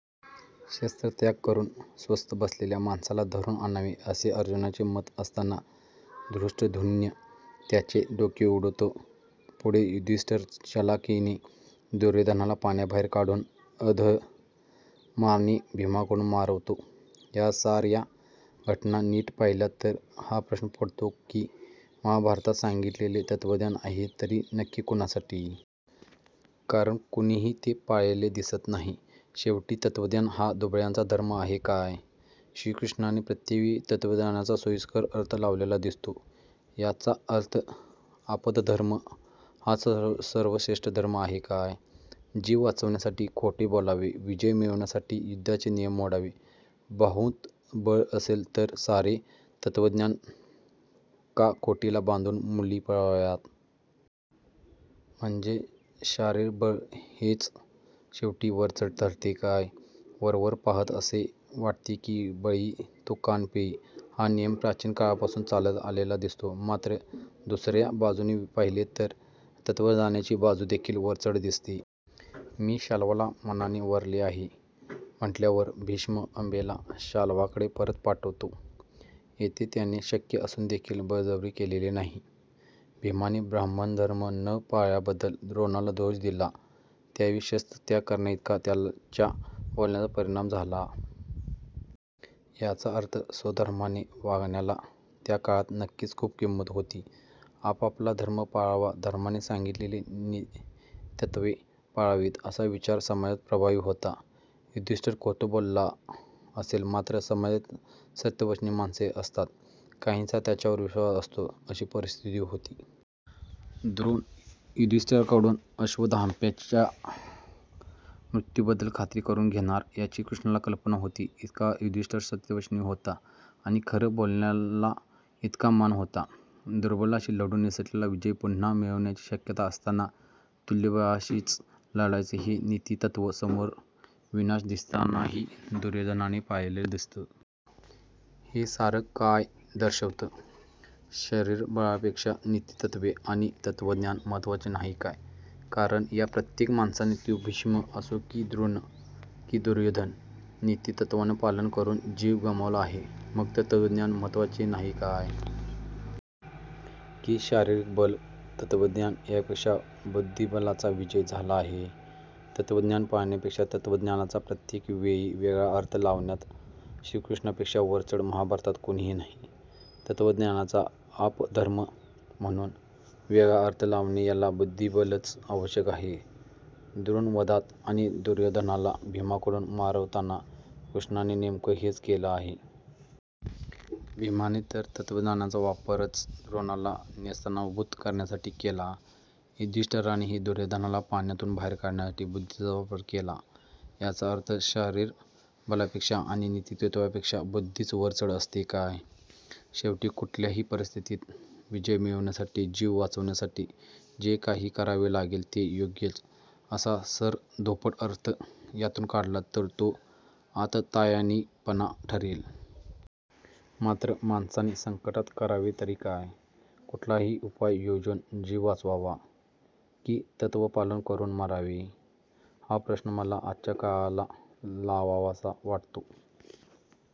शस्त्रत्याग करुन स्वस्थ बसलेल्या माणसाला धरुन आणावे असे अर्जुनाचे मत असताना धृष्टद्युम्न त्याचे डोके उडवतो. पुढे युधिष्ठीर चलाखिने दुर्योधनाला पाण्याबाहेर काढुन अधर्माने भीमाकडुन मारवतो. या सार्या घटना नीट पाहिल्या तर हा प्रश्न पडतो को महाभारतात सांगितलेलं तत्वज्ञान आहे तरी नक्की कुणासाठी? कारण कुणीही ते पाळलेले दिसत नाही. शेवटी तत्वज्ञान हा दुबळ्यांचा धर्म आहे काय? श्रीकृष्णाने प्रत्येकवेळी तत्वज्ञानाचा सोयीस्कर अर्थ लावलेला दिसतो. याचा अर्थ आपदधर्म हाच सर्वश्रेष्ठ धर्म आहे काय? जीव वाचविण्यासाठी खोटे बोलावे, विजय मिळविण्यासाठी युद्धाचे नियम मोडावे, बाहुंत बळ असेल तर सारे तत्वज्ञान काखोटीला बांधुन मुली पळवाव्यात. म्हणजे शारीर बळ हेच शेवटी वरचढ ठरते काय? वरवर पाहता असे वाटते कि बळी तो कान पिळी हा नियम प्राचिन काळापासुन चालत आलेला दिसतो. मात्र दुसर्या बाजुने पाहीले तर तत्वज्ञानाची बाजुदेखिल वरचढ दिसते. मी शाल्वाला मनाने वरले आहे म्हटल्यावर भीष्म अंबेला शाल्वाकडे परत पाठवतो. येथे त्याने शक्य असुनदेखिल बळजबरी केलेली नाही. भीमाने ब्रह्मणधर्म न पाळल्याबद्दल द्रोणाला दोष दिला त्यावेळी शस्त्र त्याग करण्याइतका त्याच्या बोलण्याचा परिणाम झाला. याचा अर्थ स्वधर्माने वागण्याला त्या काळात नक्कीच खुप किंमत होती. आपापला धर्म पाळावा, धर्माने सांगितलेली नीतीत्त्वे पाळावीत असा विचार समाजात प्रभावी होता. युधिष्ठीर खोटं बोलला असेल मात्र समाजात सत्यवचनी माणसे असतात. काहींचा त्यांच्यावर विश्वास असतो अशी परिस्थीती होती. द्रोण युधिष्ठीराकडुन अश्वत्थाम्याच्या मृत्युबद्दल खात्री करुन घेणार याची कृष्णाला कल्पना होती, इतका युधिष्ठीर सत्यवचनी होता आणि खरं बोलण्याला इतका मान होता. दुर्बलाशी लढुन निसटलेला विजय पुन्हा मिळण्याची शक्यता असताना तुल्यबळाशीच लढायचं हे नीतीतत्व समोर विनाश दिसतानाही दुर्योधनाने पाळलेलं दिसतं. हे सारं काय दर्शवतं? शारीरबळापेक्षा नीतीतत्वे आणि तत्वज्ञान महत्वाचे नाही काय? कारण या प्रत्येक माणसाने, तो भीष्म असो कि द्रोण कि दुर्योधन, नीतीतत्वाचं पालन करुन जीव गमावला आहे. मग तत्वज्ञान महत्वाचे नाही काय? कि शारिरीक बल, तत्वज्ञान यापेक्षा बुद्धीबलाचा विजय झाला आहे? तत्वज्ञान पाळण्यापेक्षा तत्वज्ञानाचा प्रत्येक वेळी वेगळा अर्थ लावण्यात श्रीकृष्णापेक्षा वरचढ महाभारतात कुणीही नाही. तत्वज्ञानाचा आपद्धर्म म्हणुन वेगळा अर्थ लावणे याला बुद्धीबलच आवश्यक आहे. द्रोणवधात आणि दुर्योधनाला भीमाकडुन मारवताना कृष्णाने नेम़कं हेच केलं. भीमाने तर तत्वज्ञानाचा वापरच द्रोणाला नेस्तनाबुत करण्यासाठी केला. युधिष्ठीरानेही दुर्योधनाला पाण्यातुन बाहेर काढण्यासाठी बुद्धीचाच वापर केला. याचा अर्थ शारीर बलापेक्षा आणि नीतीत्वापेक्षा बुद्धीच वरचढ असते काय? शेवटी कुठल्याही परिस्थीतीत विजय मिळविण्यासाठी, जीव वाचविण्यासाठी जे काही करावे लागेल ते योग्यच असा सरधोपट अर्थ यातुन काढला तर तो आततायिपणा ठरेल. मात्र माणसाने संकटात करावे तरी काय? कुठलाही उपाय योजुन जीव वाचवावा? कि तत्वपालन करुन मरावे? हा प्रश्न मला आजच्या काळाला लावावासा वाटतो.